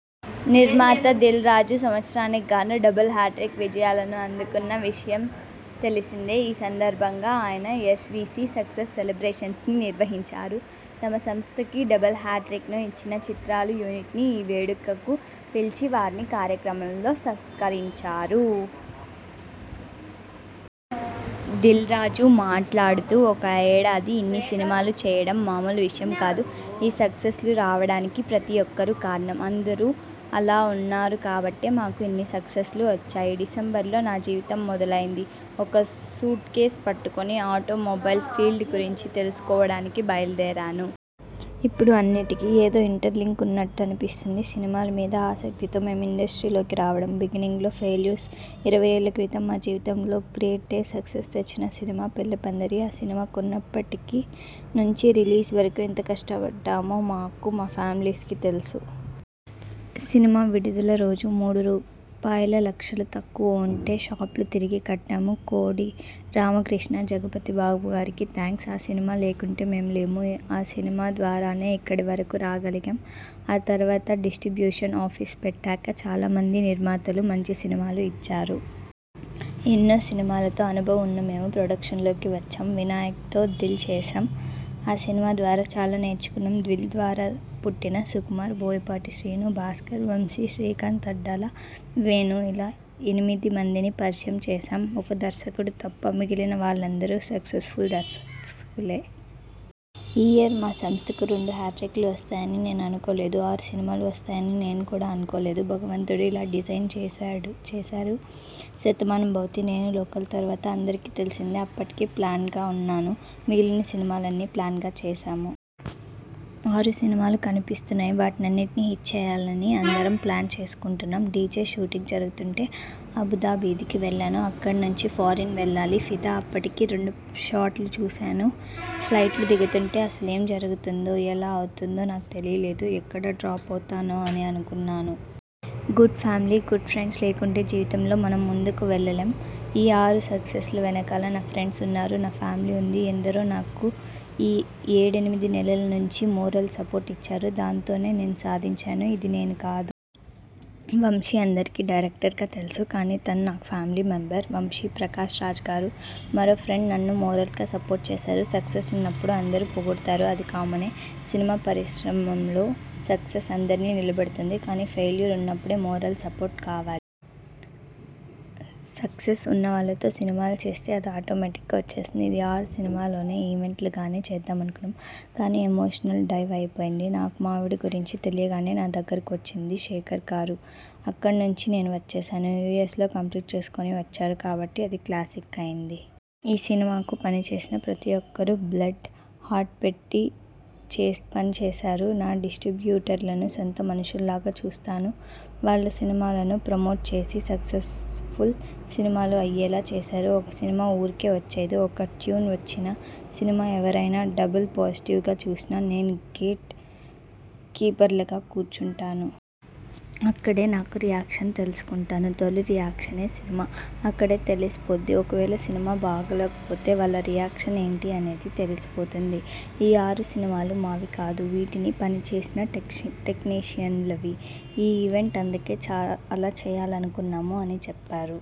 నిర్మాత దిల్ రాజు సంవత్సరానికి గానూ డబుల్ హ్యాట్రిక్ విజయాలను అందుకున్న విషయం తెలిసిందే. ఈ సందర్భంగా ఆయన ఎస్. వి. సి. సక్సెస్ సెలబ్రేషన్స్ని నిర్వహించారు. తమ సంస్థకి డబుల్ హ్యాట్రిక్ని ఇచ్చిన చిత్రాల యూనిట్ని ఈ వేడుక కి పిలిచి వారిని ఈ కార్యక్రమంలో సత్కరించారు. దిల్రాజు మాట్లాడుతూ ''ఒక ఏడాది ఇన్ని సినిమాలు చేయడం మామూలు విషయం కాదు. ఈ సక్సెస్లు రావడానికి ప్రతి ఒక్కరూ కారణం. అందరూ అలా ఉన్నారు కాబట్టే మాకు ఇన్ని సక్సెస్లు వచ్చాయి. డిసెంబర్లో నా జీవితం మొదలైంది. ఒక సూట్కేస్ పట్టుకుని ఆటోమొబైల్ ఫీల్డ్ గురించి తెలుసుకోవడానికి బయలుదేరాను. ఇప్పుడు అన్నిటికి ఏదో ఇంటర్లింక్ ఉన్నట్టు అనిపిస్తోంది. సినిమాల మీద ఆసక్తితో మేం ఇండస్ట్రీలోకి రావడం, బిగినింగ్లో ఫెయిల్యూర్స్ ఇరవై ఏళ్ల క్రితం మా జీవితంలో గ్రేట్ డే సక్సెస్ తెచ్చిన సినిమా పెళ్లిపందిరి. ఆ సినిమా కొన్నప్పటి నుంచి రిలీజ్ వరకు ఎంత కష్టపడ్డామో మాకు, మా ఫ్యామిలీస్కి తెలుసు. సినిమా విడుదల రోజు మూడు రూపాయల లక్షలు తక్కువ ఉంటే షాప్లు తిరిగి కట్టాం. కోడి రామకృష్ణ, జగపతిబాబుగారుకి థాంక్స్. ఆ సినిమా లేకుంటే మేము లేము. ఆ సినిమా ద్వారానే ఇక్కడి వరకు రాగలిగాం. ఆ తర్వాత డిస్ట్రిబ్యూషన్ ఆఫీస్ పెట్టాక చాలా మంది నిర్మాతలు మంచి సినిమాలు ఇచ్చారు. ఎన్నో సినిమాలతో అనుభవం ఉన్న మేం ప్రొడక్షన్లోకి వచ్చాం. వినాయక్తో దిల్ చేశాం. ఆ సినిమా ద్వారా చాలా నేర్చుకున్నాం. దిల్ ద్వారా పుట్టిన సుకుమార్, బోయపాటి శ్రీను, భాస్కర్, వంశీ, శ్రీకాంత్ అడ్డాల, వేణు.. ఇలా ఎనిమిది మందిని పరిచయం చేశాం. ఒక్క దర్శకుడు తప్ప మిగిలిన వాళ్లందరూ సక్సెస్ఫుల్ దర్శకులే. ఈ ఇయర్ మా సంస్థకు రెండు హ్యాట్రిక్లు వస్తాయని నేను అనుకోలేదు. ఆరు సినిమాలు వస్తాయని నేను కూడా అనుకోలేదు. భగవంతుడు ఇలా డిజైన్ చేశారు. శతమానం భవతి, నేను లోకల్ తర్వాత అందరికీ తెలిసిందే.. అప్పటికి ప్లాన్డ్గా ఉన్నాను. మిగిలిన సినిమాలన్నీ ప్లాన్గా చేశాము. ఆరు సినిమాలు కనిపిస్తున్నాయి. వాటన్నిటినీ హిట్ చేయాలని అందరం ప్లాన్ చేసుకుంటున్నాం. డీజే షూటింగ్ జరుగుతుంటే అబుదాబీకి వెళ్లాను. అక్కడి నుంచి ఫారిన్ వెళ్లాలి. ఫిదా అప్పటికి రెండు షాట్లు చూశాను. ఫ్లైట్ దిగుతుంటే అసలు ఏం జరుగుతుందో, ఎలా అవుతుందో నాకు తెలియలేదు. ఎక్కడ డ్రాప్ అవుతానోనని అనుకున్నా. గుడ్ ఫ్యామిలీ, గుడ్ ఫ్రెండ్స్ లేకుంటే జీవితంలో మనం ముందుకు వెళ్లలేం. ఈ ఆరు సక్సెస్ల వెనకాల నా ఫ్రెండ్స్ ఉన్నారు. నా ఫ్యామిలీ ఉంది. ఎందరో నాకు ఈ ఏడెనిమిది నెలల నుంచి మోరల్ సపోర్ట్ ఇచ్చారు. దాంతోనే నేను సాధించాను. ఇది నేను కాదు. వంశీ అందరికీ డైరక్టర్గా తెలుసు. కానీ తను నాకు ఫ్యామిలీ మెంబర్. వంశీ, ప్రకాశ్రాజ్గారు, మరో ఫ్రెండ్ నన్ను మోరల్గా సపోర్ట్ చేశారు. సక్సెస్ ఉన్నప్పుడు అందరూ పొగుడుతారు అది కామనే. సినిమా పరిశ్రమలో సక్సెస్ అందరినీ నిలబెడుతుంది. కానీ ఫెయిల్యూర్ ఉన్నప్పుడే మోరల్ సపోర్ట్ కావాలి. సక్సెస్ ఉన్నవాళ్లతో సినిమాలు చేస్తే అది ఆటోమేటిగ్గా వచ్చేస్తుంది. ఇది ఆరు సినిమాలనే ఈవెంట్లాగానే చేద్దామనుకున్నా. కానీ ఎమోషనల్ డ్రైవ్ అయిపోయింది. నాకు మా ఆవిడ గురించి తెలియగానే నా దగ్గరకు వచ్చింది శేఖర్గారు. అక్కడినుంచి నేను వచ్చేశాను. యు. ఎస్. లో కంప్లీట్ చేసుకుని వచ్చారు కాబట్టి అది క్లాసిక్ అయింది. ఈ సినిమాకు పనిచేసిన ప్రతి ఒక్కరూ బ్లడ్, హార్ట్ పెట్టి పనిచేశారు. నా డిస్ట్రిబ్యూటర్లను సొంత మనుషుల్లాగా చూస్తాను. వాళ్లు సినిమాలను ప్రమోట్ చేసి సక్సెస్ఫుల్ సినిమాలు అయ్యేలా చేశారు. ఒక సినిమా ఊరికే వచ్చేయదు. ఒక ట్యూన్ వచ్చినా, సినిమా ఎవరైనా డబుల్ పాజిటివ్గా చూసినా నేను గేట్ కీపర్లాగా కూర్చుంటాను. అక్కడే నాకు రియాక్షన్ తెలుసుకుంటాను. తొలి రియాక్షనే సినిమా. అక్కడే తెలిసి పోద్ది. ఒకవేళ సినిమా బాగో లేకపోతే వాళ్ల రియాక్షన్ ఏంటి అనేది తెలిసిపోతుంది. ఈ ఆరు సినిమాలు మావి కాదు. వీటికి పనిచేసిన టెక్నీషియన్లవి. ఈ ఈవెంట్ అందుకే చాలా చేయాలనుకున్నా '' అని చెప్పారు.